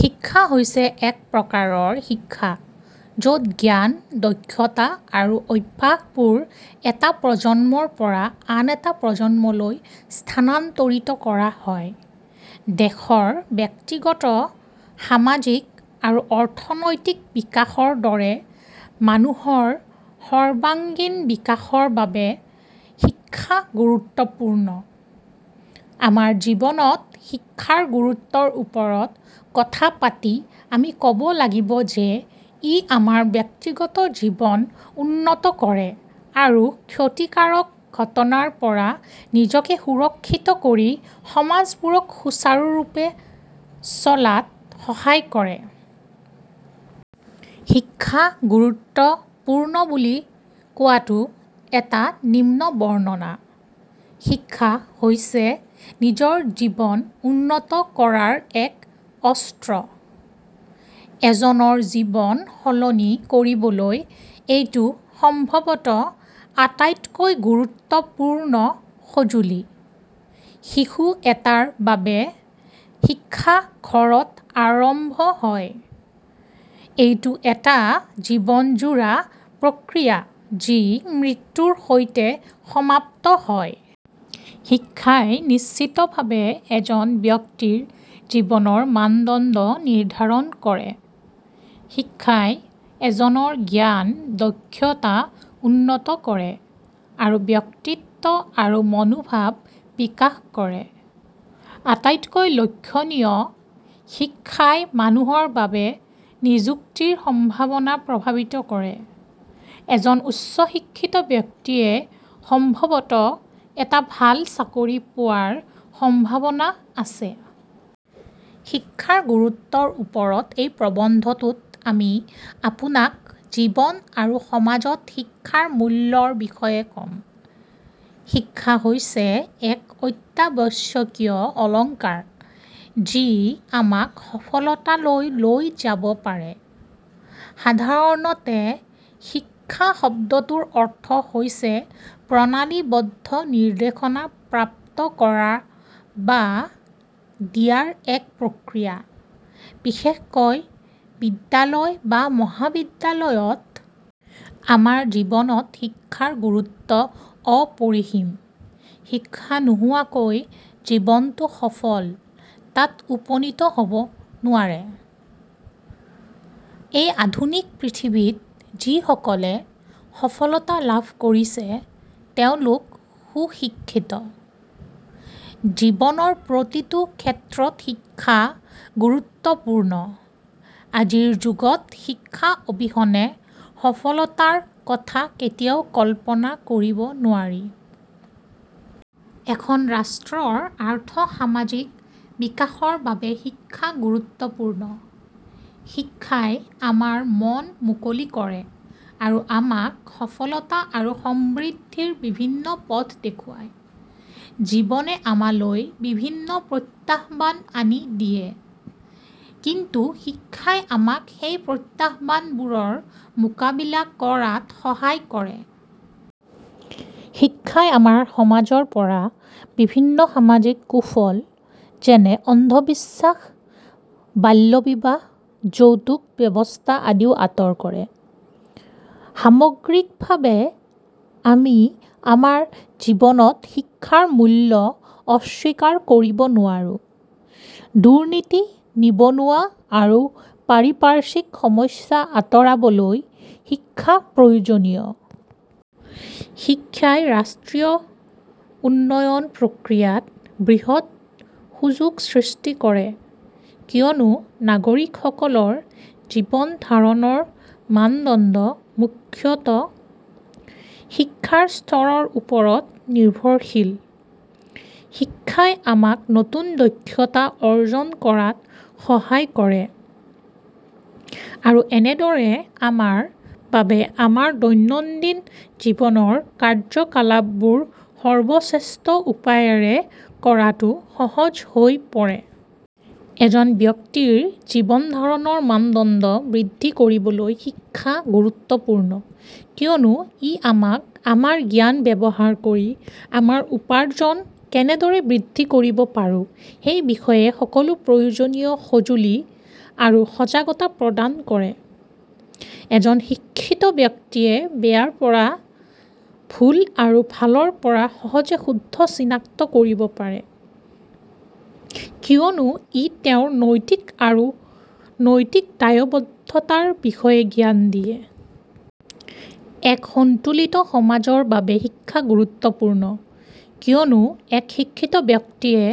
শিক্ষা হৈছে এক প্ৰকাৰৰ শিক্ষা য'ত জ্ঞান, দক্ষতা আৰু অভ্যাসবোৰ এটা প্ৰজন্মৰ পৰা আন এটা প্ৰজন্মলৈ স্থানান্তৰিত কৰা হয়। দেশৰ ব্যক্তিগত, সামাজিক আৰু অৰ্থনৈতিক বিকাশৰ দৰে মানুহৰ সৰ্বাঙ্গীন বিকাশৰ বাবে শিক্ষা গুৰুত্বপূৰ্ণ। আমাৰ জীৱনত শিক্ষাৰ গুৰুত্বৰ ওপৰত কথা পাতি আমি ক'ব লাগিব যে ই আমাৰ ব্যক্তিগত জীৱনউন্নত কৰে আৰু ক্ষতিকাৰক ঘটনাৰ পৰা নিজকে সুৰক্ষিত কৰি সমাজবোৰক সুচাৰুৰূপে চলাত সহায় কৰে। শিক্ষা গুৰুত্ব পূৰ্ণ বুলি কোৱাটো এটা নিম্নবৰ্ণনা। শিক্ষা হৈছে নিজৰ জীৱন উন্নত কৰাৰ এক অস্ত্ৰ। এজনৰ জীৱন সলনি কৰিবলৈ এইটো সম্ভৱতঃ আটাইতকৈ গুৰুত্বপূৰ্ণ সঁজুলি। শিশুএটাৰ বাবে শিক্ষা ঘৰত আৰম্ভ হয়। এইটো এটা জীৱনজোৰা প্ৰক্ৰিয়া যি মৃত্যুৰ সৈতে সমাপ্ত হয়। শিক্ষাই নিশ্চিতভাৱে এজন ব্যক্তিৰ জীৱনৰ মানদণ্ড নিৰ্ধাৰণ কৰে। শিক্ষাই এজনৰ জ্ঞান, দক্ষতা উন্নত কৰে আৰু ব্যক্তিত্ব আৰু মনোভাৱ বিকাশ কৰে। আটাইতকৈ লক্ষণীয়, শিক্ষাই মানুহৰ বাবে নিযুক্তিৰ সম্ভাৱনা প্ৰভাৱিত কৰে। এজন উচ্চ শিক্ষিত ব্যক্তিয়ে সম্ভৱতঃ এটা ভাল চাকৰি পোৱাৰ সম্ভাৱনা আছে। শিক্ষাৰ গুৰুত্বৰ ওপৰত এই প্ৰবন্ধটোত, আমি আপোনাক জীৱন আৰু সমাজত শিক্ষাৰ মূল্যৰ বিষয়ে ক'ম। শিক্ষা হৈছে এক অত্যাৱশ্যকীয় অলংকাৰ যি আমাক সফলতালৈ লৈ যাব পাৰে। সাধাৰণতে, শিক্ষা শব্দটোৰ অৰ্থ হৈছে প্ৰণালীবদ্ধ নিৰ্দেশনা প্ৰাপ্ত কৰা বা দিয়াৰ এক প্ৰক্ৰিয়া, বিশেষকৈ বিদ্যালয় বা মহাবিদ্যালয়ত। আমাৰ জীৱনত শিক্ষাৰ গুৰুত্ব অপৰিসীম। শিক্ষা নোহোৱাকৈ জীৱনটো সফল তাত উপনীত হ'ব নোৱাৰে। এই আধুনিক পৃথিৱীত, যিসকলে সফলতা লাভ কৰিছে তেওঁলোক সুশিক্ষিত। জীৱনৰ প্ৰতিটো ক্ষেত্ৰতশিক্ষা গুৰুত্বপূৰ্ণ। আজিৰ যুগত শিক্ষা অবিহনে সফলতাৰ কথা কেতিয়াও কল্পনা কৰিব নোৱাৰি। এখন ৰাষ্ট্ৰৰ আৰ্থ-সামাজিক বিকাশৰ বাবে শিক্ষা গুৰুত্বপূৰ্ণ। শিক্ষাই আমাৰ মন মুকলি কৰে আৰু আমাক সফলতা আৰু সমৃদ্ধিৰ বিভিন্ন পথ দেখুৱায়। জীৱনে আমালৈ বিভিন্ন প্ৰত্যাহ্বান আনিদিয়ে। কিন্তু শিক্ষাই আমাক সেই প্ৰত্যাহ্বানবোৰৰ মোকাবিলা কৰাত সহায় কৰে। শিক্ষাই আমাৰ সমাজৰ পৰা বিভিন্ন সামাজিক কুফল যেনে অন্ধবিশ্বাস, বাল্য বিবাহ, যৌতুক ব্যৱস্থা আদিও আঁতৰ কৰে। সামগ্ৰিকভাৱে, আমি আমাৰ জীৱনত শিক্ষাৰ মূল্য অস্বীকাৰ কৰিব নোৱাৰো। দুৰ্নীতি, নিবনুৱা আৰু পাৰিপাৰ্শ্বিক সমস্যা আঁতৰাবলৈ, শিক্ষা প্ৰয়োজনীয়। শিক্ষাই ৰাষ্ট্ৰীয় উন্নয়ন প্ৰক্ৰিয়াত বৃহৎ সুযোগ সৃষ্টি কৰে কিয়নো নাগৰিকসকলৰ জীৱনধাৰণৰ মানদণ্ড মুখ্যতঃ শিক্ষাৰ স্তৰৰ ওপৰত নিৰ্ভৰশীল। শিক্ষাই আমাক নতুন দক্ষতা অৰ্জন কৰাত সহায় কৰে আৰু এনেদৰে আমাৰ বাবে আমাৰ দৈনন্দিন জীৱনৰ কাৰ্যকলাপবোৰ সৰ্বশ্ৰেষ্ঠ উপায়েৰে কৰাটো সহজ হৈ পৰে। এজন ব্যক্তিৰ জীৱনধাৰণৰ মানদণ্ড বৃদ্ধি কৰিবলৈ শিক্ষা গুৰুত্বপূৰ্ণ কিয়নো ই আমাক আমাৰ জ্ঞান ব্যৱহাৰ কৰি আমাৰ উপাৰ্জন কেনেদৰে বৃদ্ধি কৰিব পাৰোঁ সেই বিষয়ে সকলো প্ৰয়োজনীয় সঁজুলি আৰু সজাগতা প্ৰদান কৰে। এজন শিক্ষিত ব্যক্তিয়ে বেয়াৰ পৰা ভুল আৰু ভালৰ পৰা সহজে শুদ্ধ চিনাক্ত কৰিব পাৰে কিয়নো ই তেওঁক নৈতিক আৰু নৈতিক দায়বদ্ধতাৰ বিষয়ে জ্ঞান দিয়ে। এক সন্তুলিত সমাজৰ বাবে শিক্ষা গুৰুত্বপূৰ্ণ কিয়নো এজন শিক্ষিত ব্যক্তিয়ে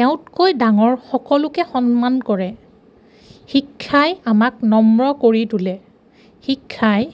তেওঁতকৈ ডাঙৰ সকলোকে সন্মান কৰে। শিক্ষাই আমাক নম্ৰ কৰি তোলে। শিক্ষাই